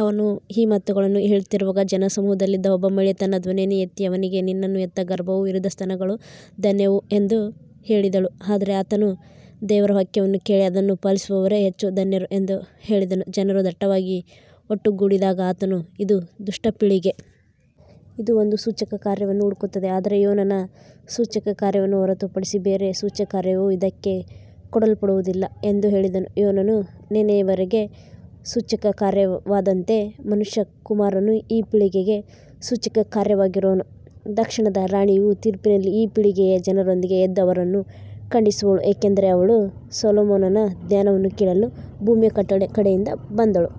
ಅವನು ಈ ಮಾತುಗಳನ್ನು ಹೇಳುತ್ತಿರುವಾಗ ಜನಸಮೂಹದಲ್ಲಿದ್ದ ಒಬ್ಬ ಮಹಿಳೆ ತನ್ನ ಧ್ವನಿಯನ್ನು ಎತ್ತಿ ಅವನಿಗೆ, ನಿನ್ನನ್ನು ಹೆತ್ತ ಗರ್ಭವೂ ನೀನು ಹೀರಿದ ಸ್ತನಗಳೂ ಧನ್ಯವು ಎಂದು ಹೇಳಿದಳು. ಆದರೆ ಆತನು, ದೇವರ ವಾಕ್ಯವನ್ನು ಕೇಳಿ ಅದನ್ನು ಪಾಲಿಸುವವರೇ ಹೆಚ್ಚು ಧನ್ಯರು ಎಂದು ಹೇಳಿದನು. ಜನರು ದಟ್ಟವಾಗಿ ಒಟ್ಟುಗೂಡಿದಾಗ ಆತನು, ಇದು ದುಷ್ಟ ಪೀಳಿಗೆ. ಇದು ಒಂದು ಸೂಚಕಕಾರ್ಯವನ್ನು ಹುಡುಕುತ್ತದೆ, ಆದರೆ ಯೋನನ ಸೂಚಕಕಾರ್ಯವನ್ನು ಹೊರತುಪಡಿಸಿ ಬೇರೆ ಸೂಚಕಕಾರ್ಯವು ಇದಕ್ಕೆ ಕೊಡಲ್ಪಡುವುದಿಲ್ಲ ಎಂದು ಹೇಳಿದನು. ಯೋನನು ನಿನೆವೆಯವರಿಗೆ ಸೂಚಕಕಾರ್ಯವಾದಂತೆ ಮನುಷ್ಯಕುಮಾರನು ಈ ಪೀಳಿಗೆಗೆ ಸೂಚಕಕಾರ್ಯವಾಗಿರುವನು. ದಕ್ಷಿಣದ ರಾಣಿಯು ತೀರ್ಪಿನಲ್ಲಿ ಈ ಪೀಳಿಗೆಯ ಜನರೊಂದಿಗೆ ಎದ್ದು ಅವರನ್ನು ಖಂಡಿಸುವಳು, ಏಕೆಂದರೆ ಅವಳು ಸೊಲೊಮೋನನ ಜ್ಞಾನವನ್ನು ಕೇಳಲು ಭೂಮಿಯ ಕಟ್ಟಕಡೆಯಿಂದ ಬಂದಳು.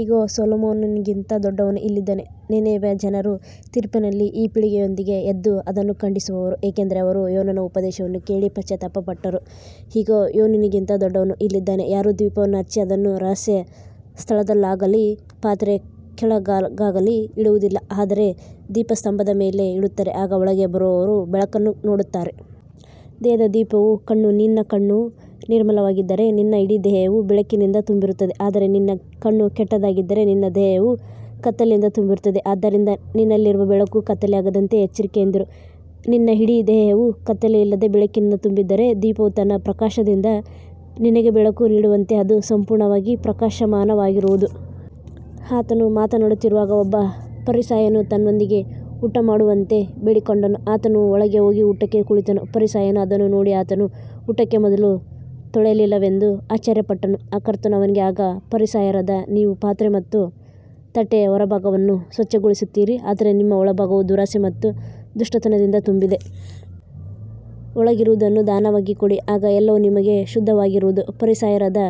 ಇಗೋ, ಸೊಲೊಮೋನನಿಗಿಂತ ದೊಡ್ಡವನು ಇಲ್ಲಿದ್ದಾನೆ. ನಿನೆವೆಯ ಜನರು ತೀರ್ಪಿನಲ್ಲಿ ಈ ಪೀಳಿಗೆಯೊಂದಿಗೆ ಎದ್ದು ಅದನ್ನು ಖಂಡಿಸುವರು, ಏಕೆಂದರೆ ಅವರು ಯೋನನ ಉಪದೇಶವನ್ನು ಕೇಳಿ ಪಶ್ಚಾತ್ತಾಪಪಟ್ಟರು. ಇಗೋ, ಯೋನನಿಗಿಂತ ದೊಡ್ಡವನು ಇಲ್ಲಿದ್ದಾನೆ. ಯಾರೂ ದೀಪವನ್ನು ಹಚ್ಚಿ ಅದನ್ನು ರಹಸ್ಯ ಸ್ಥಳದಲ್ಲಾಗಲಿ ಪಾತ್ರೆಯ ಕೆಳಗಾಗಲಿ ಇಡುವುದಿಲ್ಲ, ಆದರೆ ದೀಪಸ್ತಂಭದ ಮೇಲೆ ಇಡುತ್ತಾರೆ, ಆಗ ಒಳಗೆ ಬರುವವರು ಬೆಳಕನ್ನು ನೋಡುತ್ತಾರೆ. ದೇಹದ ದೀಪವು ಕಣ್ಣು. ನಿನ್ನ ಕಣ್ಣು ನಿರ್ಮಲವಾಗಿದ್ದರೆ ನಿನ್ನ ಇಡೀ ದೇಹವೂ ಬೆಳಕಿನಿಂದ ತುಂಬಿರುತ್ತದೆ. ಆದರೆ ನಿನ್ನ ಕಣ್ಣು ಕೆಟ್ಟದ್ದಾಗಿದ್ದರೆ ನಿನ್ನ ದೇಹವೂ ಕತ್ತಲೆಯಿಂದ ತುಂಬಿರುತ್ತದೆ. ಆದ್ದರಿಂದ ನಿನ್ನಲ್ಲಿರುವ ಬೆಳಕು ಕತ್ತಲೆಯಾಗದಂತೆ ಎಚ್ಚರಿಕೆಯಿಂದಿರು. ನಿನ್ನ ಇಡೀ ದೇಹವು ಕತ್ತಲೆಯಿಲ್ಲದೆ ಬೆಳಕಿನಿಂದ ತುಂಬಿದ್ದರೆ, ದೀಪವು ತನ್ನ ಪ್ರಕಾಶದಿಂದ ನಿನಗೆ ಬೆಳಕು ನೀಡುವಂತೆ ಅದು ಸಂಪೂರ್ಣವಾಗಿ ಪ್ರಕಾಶಮಾನವಾಗಿರುವುದು. ಆತನು ಮಾತನಾಡುತ್ತಿರುವಾಗ ಒಬ್ಬ ಫರಿಸಾಯನು ತನ್ನೊಂದಿಗೆ ಊಟಮಾಡುವಂತೆ ಬೇಡಿಕೊಂಡನು. ಆತನು ಒಳಗೆ ಹೋಗಿ ಊಟಕ್ಕೆ ಕುಳಿತನು. ಫರಿಸಾಯನು ಅದನ್ನು ನೋಡಿ ಆತನು ಊಟಕ್ಕೆ ಮೊದಲು ತೊಳೆಯಲಿಲ್ಲವೆಂದು ಆಶ್ಚರ್ಯಪಟ್ಟನು. ಕರ್ತನು ಅವನಿಗೆ, ಈಗ ಫರಿಸಾಯರಾದ ನೀವು ಪಾತ್ರೆ ಮತ್ತು ತಟ್ಟೆಯ ಹೊರಭಾಗವನ್ನು ಸ್ವಚ್ಛಗೊಳಿಸುತ್ತೀರಿ, ಆದರೆ ನಿಮ್ಮ ಒಳಭಾಗವು ದುರಾಸೆ ಮತ್ತು ದುಷ್ಟತನದಿಂದ ತುಂಬಿದೆ. ಒಳಗಿರುವುದನ್ನು ದಾನವಾಗಿ ಕೊಡಿ, ಆಗ ಎಲ್ಲವೂ ನಿಮಗೆ ಶುದ್ಧವಾಗಿರುವುದು. ಫರಿಸಾಯರಾದ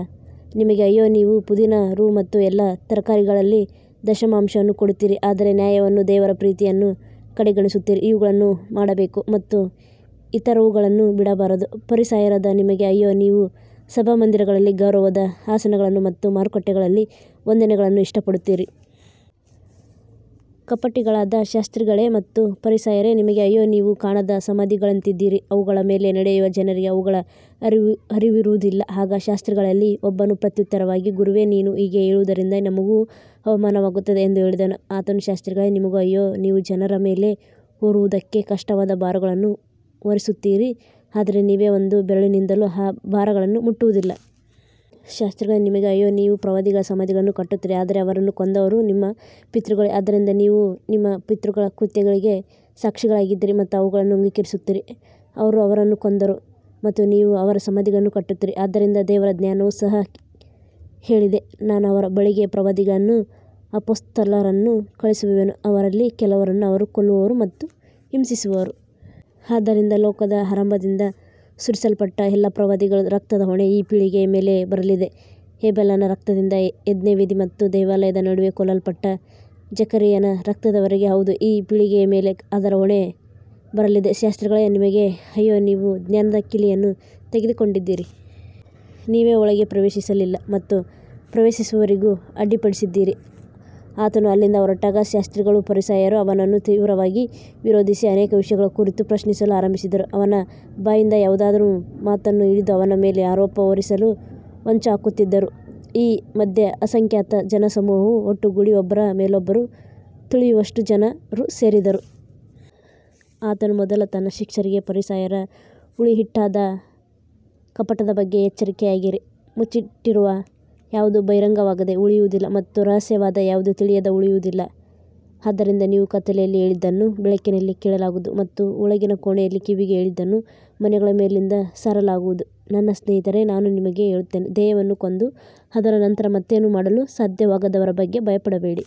ನಿಮಗೆ ಅಯ್ಯೋ, ನೀವು ಪುದೀನ, ರೂ ಮತ್ತು ಎಲ್ಲಾ ತರಕಾರಿಗಳಲ್ಲಿ ದಶಮಾಂಶವನ್ನು ಕೊಡುತ್ತೀರಿ, ಆದರೆ ನ್ಯಾಯವನ್ನೂ ದೇವರ ಪ್ರೀತಿಯನ್ನೂ ಕಡೆಗಣಿಸುತ್ತೀರಿ. ಇವುಗಳನ್ನು ಮಾಡಬೇಕು ಮತ್ತು ಇತರವುಗಳನ್ನು ಬಿಡಬಾರದು. ಫರಿಸಾಯರಾದ ನಿಮಗೆ ಅಯ್ಯೋ, ನೀವು ಸಭಾಮಂದಿರಗಳಲ್ಲಿ ಗೌರವದ ಆಸನಗಳನ್ನು ಮತ್ತು ಮಾರುಕಟ್ಟೆಗಳಲ್ಲಿ ವಂದನೆಗಳನ್ನು ಇಷ್ಟಪಡುತ್ತೀರಿ. ಕಪಟಿಗಳಾದ ಶಾಸ್ತ್ರಿಗಳೇ ಮತ್ತು ಫರಿಸಾಯರೇ, ನಿಮಗೆ ಅಯ್ಯೋ, ನೀವು ಕಾಣದ ಸಮಾಧಿಗಳಂತಿದ್ದೀರಿ. ಅವುಗಳ ಮೇಲೆ ನಡೆಯುವ ಜನರಿಗೆ ಅವುಗಳ ಅರಿವಿರುವುದಿಲ್ಲ. ಆಗ ಶಾಸ್ತ್ರಿಗಳಲ್ಲಿ ಒಬ್ಬನು ಪ್ರತ್ಯುತ್ತರವಾಗಿ, ಗುರುವೇ, ನೀನು ಹೀಗೆ ಹೇಳುವುದರಿಂದ ನಮಗೂ ಅವಮಾನವಾಗುತ್ತದೆ ಎಂದು ಹೇಳಿದನು. ಆತನು, ಶಾಸ್ತ್ರಿಗಳೇ, ನಿಮಗೂ ಅಯ್ಯೋ, ನೀವು ಜನರ ಮೇಲೆ ಹೊರುವುದಕ್ಕೆ ಕಷ್ಟವಾದ ಭಾರಗಳನ್ನು ಹೊರಿಸುತ್ತೀರಿ, ಆದರೆ ನೀವೇ ಒಂದು ಬೆರಳಿನಿಂದಲೂ ಆ ಭಾರಗಳನ್ನು ಮುಟ್ಟುವುದಿಲ್ಲ. ಶಾಸ್ತ್ರಿಗಳೇ, ನಿಮಗೆ ಅಯ್ಯೋ, ನೀವು ಪ್ರವಾದಿಗಳ ಸಮಾಧಿಗಳನ್ನು ಕಟ್ಟುತ್ತೀರಿ, ಆದರೆ ಅವರನ್ನು ಕೊಂದವರು ನಿಮ್ಮ ಪಿತೃಗಳೇ. ಆದ್ದರಿಂದ ನೀವು ನಿಮ್ಮ ಪಿತೃಗಳ ಕೃತ್ಯಗಳಿಗೆ ಸಾಕ್ಷಿಗಳಾಗಿದ್ದೀರಿ ಮತ್ತು ಅವುಗಳನ್ನು ಅಂಗೀಕರಿಸುತ್ತೀರಿ. ಅವರು ಅವರನ್ನು ಕೊಂದರು ಮತ್ತು ನೀವು ಅವರ ಸಮಾಧಿಗಳನ್ನು ಕಟ್ಟುತ್ತೀರಿ. ಆದ್ದರಿಂದ ದೇವರ ಜ್ಞಾನವು ಸಹ ಹೇಳಿದೆ, ನಾನು ಅವರ ಬಳಿಗೆ ಪ್ರವಾದಿಗಳನ್ನೂ ಅಪೊಸ್ತಲರನ್ನೂ ಕಳುಹಿಸುವೆನು, ಅವರಲ್ಲಿ ಕೆಲವರನ್ನು ಅವರು ಕೊಲ್ಲುವರು ಮತ್ತು ಹಿಂಸಿಸುವರು. ಆದ್ದರಿಂದ ಲೋಕದ ಆರಂಭದಿಂದ ಸುರಿಸಲ್ಪಟ್ಟ ಎಲ್ಲಾ ಪ್ರವಾದಿಗಳ ರಕ್ತದ ಹೊಣೆ ಈ ಪೀಳಿಗೆಯ ಮೇಲೆ ಬರಲಿದೆ. ಹೇಬೆಲನ ರಕ್ತದಿಂದ ಯಜ್ಞವೇದಿ ಮತ್ತು ದೇವಾಲಯದ ನಡುವೆ ಕೊಲ್ಲಲ್ಪಟ್ಟ ಜಕರೀಯನ ರಕ್ತದವರೆಗೆ, ಹೌದು, ಈ ಪೀಳಿಗೆಯ ಮೇಲೆ ಅದರ ಹೊಣೆ ಬರಲಿದೆ. ಶಾಸ್ತ್ರಿಗಳೇ, ನಿಮಗೆ ಅಯ್ಯೋ, ನೀವು ಜ್ಞಾನದ ಕೀಲಿಯನ್ನು ತೆಗೆದುಕೊಂಡಿದ್ದೀರಿ. ನೀವೇ ಒಳಗೆ ಪ್ರವೇಶಿಸಲಿಲ್ಲ ಮತ್ತು ಪ್ರವೇಶಿಸುವವರಿಗೂ ಅಡ್ಡಿಪಡಿಸಿದ್ದೀರಿ. ಆತನು ಅಲ್ಲಿಂದ ಹೊರಟಾಗ ಶಾಸ್ತ್ರಿಗಳೂ ಫರಿಸಾಯರೂ ಅವನನ್ನು ತೀವ್ರವಾಗಿ ವಿರೋಧಿಸಿ ಅನೇಕ ವಿಷಯಗಳ ಕುರಿತು ಪ್ರಶ್ನಿಸಲು ಆರಂಭಿಸಿದರು. ಅವನ ಬಾಯಿಂದ ಯಾವುದಾದರೂ ಮಾತನ್ನು ಹಿಡಿದು ಅವನ ಮೇಲೆ ಆರೋಪ ಹೊರಿಸಲು ಹೊಂಚುಹಾಕುತ್ತಿದ್ದರು. ಈ ಮಧ್ಯೆ ಅಸಂಖ್ಯಾತ ಜನಸಮೂಹವು ಒಟ್ಟುಗೂಡಿ ಒಬ್ಬರ ಮೇಲೊಬ್ಬರು ತುಳಿಯುವಷ್ಟು ಜನರು ಸೇರಿದರು. ಆತನು ಮೊದಲು ತನ್ನ ಶಿಷ್ಯರಿಗೆ, ಫರಿಸಾಯರ ಹುಳಿಹಿಟ್ಟಾದ ಕಪಟದ ಬಗ್ಗೆ ಎಚ್ಚರಿಕೆಯಾಗಿರಿ. ಮುಚ್ಚಿಟ್ಟಿರುವ ಯಾವುದೂ ಬಹಿರಂಗವಾಗದೆ ಉಳಿಯುವುದಿಲ್ಲ ಮತ್ತು ರಹಸ್ಯವಾದ ಯಾವುದೂ ತಿಳಿಯದೆ ಉಳಿಯುವುದಿಲ್ಲ. ಆದ್ದರಿಂದ ನೀವು ಕತ್ತಲೆಯಲ್ಲಿ ಹೇಳಿದ್ದನ್ನು ಬೆಳಕಿನಲ್ಲಿ ಕೇಳಲಾಗುವುದು ಮತ್ತು ಒಳಗಿನ ಕೋಣೆಯಲ್ಲಿ ಕಿವಿಗೆ ಹೇಳಿದ್ದನ್ನು ಮನೆಗಳ ಮೇಲಿಂದ ಸಾರಲಾಗುವುದು. ನನ್ನ ಸ್ನೇಹಿತರೇ, ನಾನು ನಿಮಗೆ ಹೇಳುತ್ತೇನೆ, ದೇಹವನ್ನು ಕೊಂದು ಅದರ ನಂತರ ಮತ್ತೇನೂ ಮಾಡಲು ಸಾಧ್ಯವಾಗದವರ ಬಗ್ಗೆ ಭಯಪಡಬೇಡಿ.